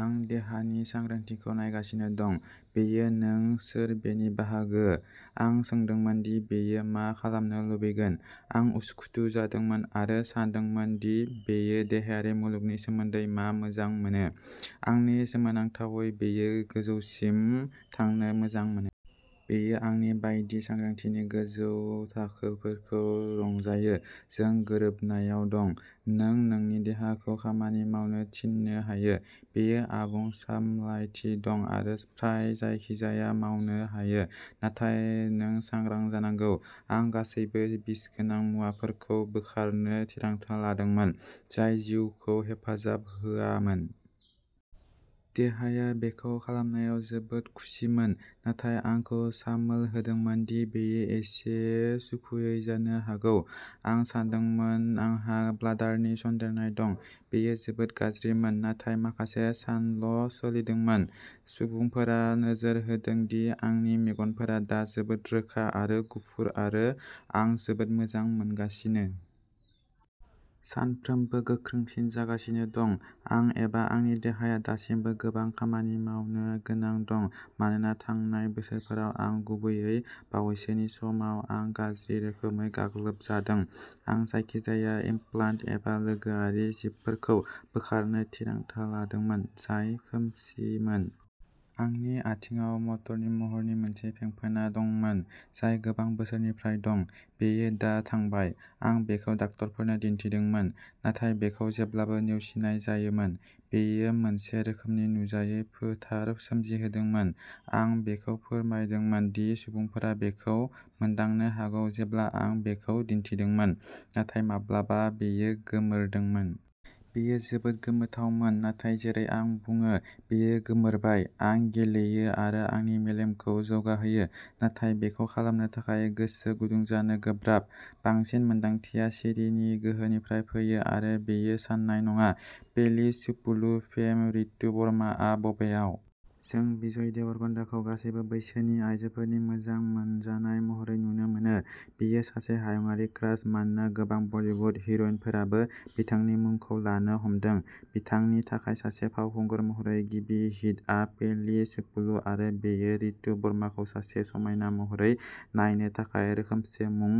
आं देहानि सांग्रांथिखौ नायगासिनो दं। बेयो नों सोर बेनि बाहागो। आं सोंदोंमोन दि बेयो मा खालामनो लुबैगोन। आं उसुखुथु जादोंमोन आरो सानदोंमोन दि बेयो देहायारि मुलुगनि सोमोन्दै मा मोजां मोनो। आंनि सोमोनांथावै बेयो गोजौसिम थांनो मोजां मोनो। बेयो आंनि बायदि सांग्रांथिनि गोजौ थाखोफोरखौ रंजायो। जों गोरोबनायाव दं। नों नोंनि देहाखौ खामानि मावनो थिननो हायो, बेयो आबुं सामलायथि दं आरो फ्राय जायखिजाया मावनो हायो नाथाय नों सांग्रां जानांगौ। आं गासैबो बिसगोनां मुवाफोरखौ बोखारनो थिरांथा लादोंमोन जाय जिउखौ हेफाजाब होआमोन। देहाया बेखौ खालामनायाव जोबोद खुसिमोन नाथाय आंखौ सामोल होदोंमोन दि बेयो एसे सुखुयै जानो हागौ। आं सानदोंमोन आंहा ब्लाडारनि सन्देरनाय दं। बेयो जोबोद गाज्रिमोन नाथाय माखासे सानल' सोलिदोंमोन। सुबुंफोरा नोजोर होदों दि आंनि मेगनफोरा दा जोबोद रोखा आरो गुफुर आरो आं जोबोद मोजां मोनगासिनो। सानफ्रोमबो गोख्रोंसिन जागासिनो दं। आं एबा आंनि देहाया दासिमबो गोबां खामानि मावनो गोनां दं मानोना थांनाय बोसोरफोराव आरो गुबैयै बावैसोनि समाव आं गाज्रि रोखोमै गाग्लोबजादों। आं जायखिजाया इमप्लान्ट एबा लोगोआरि जिबफोरखौ बोखारनो थिरांथा लादोंमोन, जाय खोमसिमोन। आंनि आथिंआव मटरनि महरनि मोनसे फेंफोना दंमोन, जाय गोबां बोसोरनिफ्राय दं, बेयो दा थांबाय। आं बेखौ डक्टरफोरनो दिन्थिदोंमोन। नाथाय बेखौ जेब्लाबो नेवसिनाय जायोमोन। बेयो मोनसे रोखोमनि नुजायै फोथार सोमजिहोदोंमोन। आं बेखौ फोरमायदोंमोन दि सुबुंफोरा बेखौ मोनदांनो हागौ जेब्ला आं बेखौ दिन्थिदोंमोन, नाथाय माब्लाबा बेयो गोमोरदोंमोन। बेयो जोबोद गोमोथावमोन, नाथाय जेरै आं बुङो बेयो गोमोरबाय। आं गेलेयो आरो आंनि मेलेमखौ जौगाहोयो, नाथाय बेखौ खालामनो थाखाय गोसो गुदुं जानो गोब्राब। बांसिन मोन्दांथिया सिरिनि गोहोनिफ्राय फैयो आरो बेयो साननाय नङा। पेलि चुपुलु फेम रितु वर्माआ बबेयाव? जों विजय देवराकन्डाखौ गासैबो बैसोनि आइजोफोरनि मोजां मोनजानाय महरै नुनो मोनो। बियो सासे हायुंआरि क्रास मानोना गोबां बलीवुड हिर'इनफोराबो बिथांनि मुंखौ लानो हमदों। बिथांनि थाखाय सासे फावखुंगुर महरै गिबि हिटआ पेलि चुपुलु आरो बेयो रितु वर्माखौ सासे समायना महरै नायनो थाखाय रोखोमसे मुं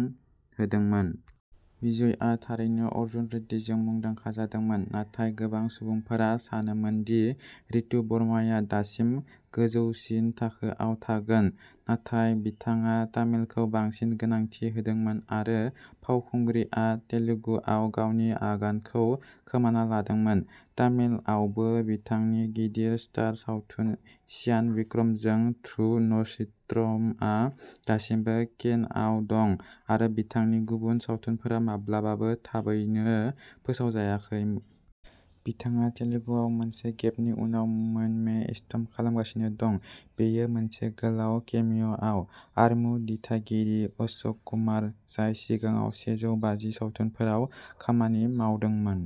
होदोंमोन। विजयआ थारैनो अर्जुन रेड्डीजों मुंदांखा जादोंमोन नाथाय गोबां सुबुंफोरा सानोमोन दि रितु वर्माया दासिम गोजौसिन थाखोआव थागोन। नाथाय बिथाङा तामिलखौ बांसिन गोनांथि होदोंमोन आरो फावखुंग्रिआ तेलुगुआव गावनि आगानखौ खोमाना लादोंमोन। तामिलआवबो बिथांनि गिदिर स्टार सावथुन चियान बिक्रमजों ध्रुव नचित्रमआ दासिमबो केनआव दं आरो बिथांनि गुबुन सावथुनफोरा माब्लाबाबो थाबैनो फोसावजायाखै। बिथाङा तेलुगुआव मोनसे गेपनि उनाव "मौनमे इष्टम" खालामगासिनो दं। बेबो मोनसे गोलाव केमिय'आव। आरिमु दिथागिरि अशोक कुमार, जाय सिगाङाव सेजौ बाजि सावथुनफोराव खामानि मावदोंमोन।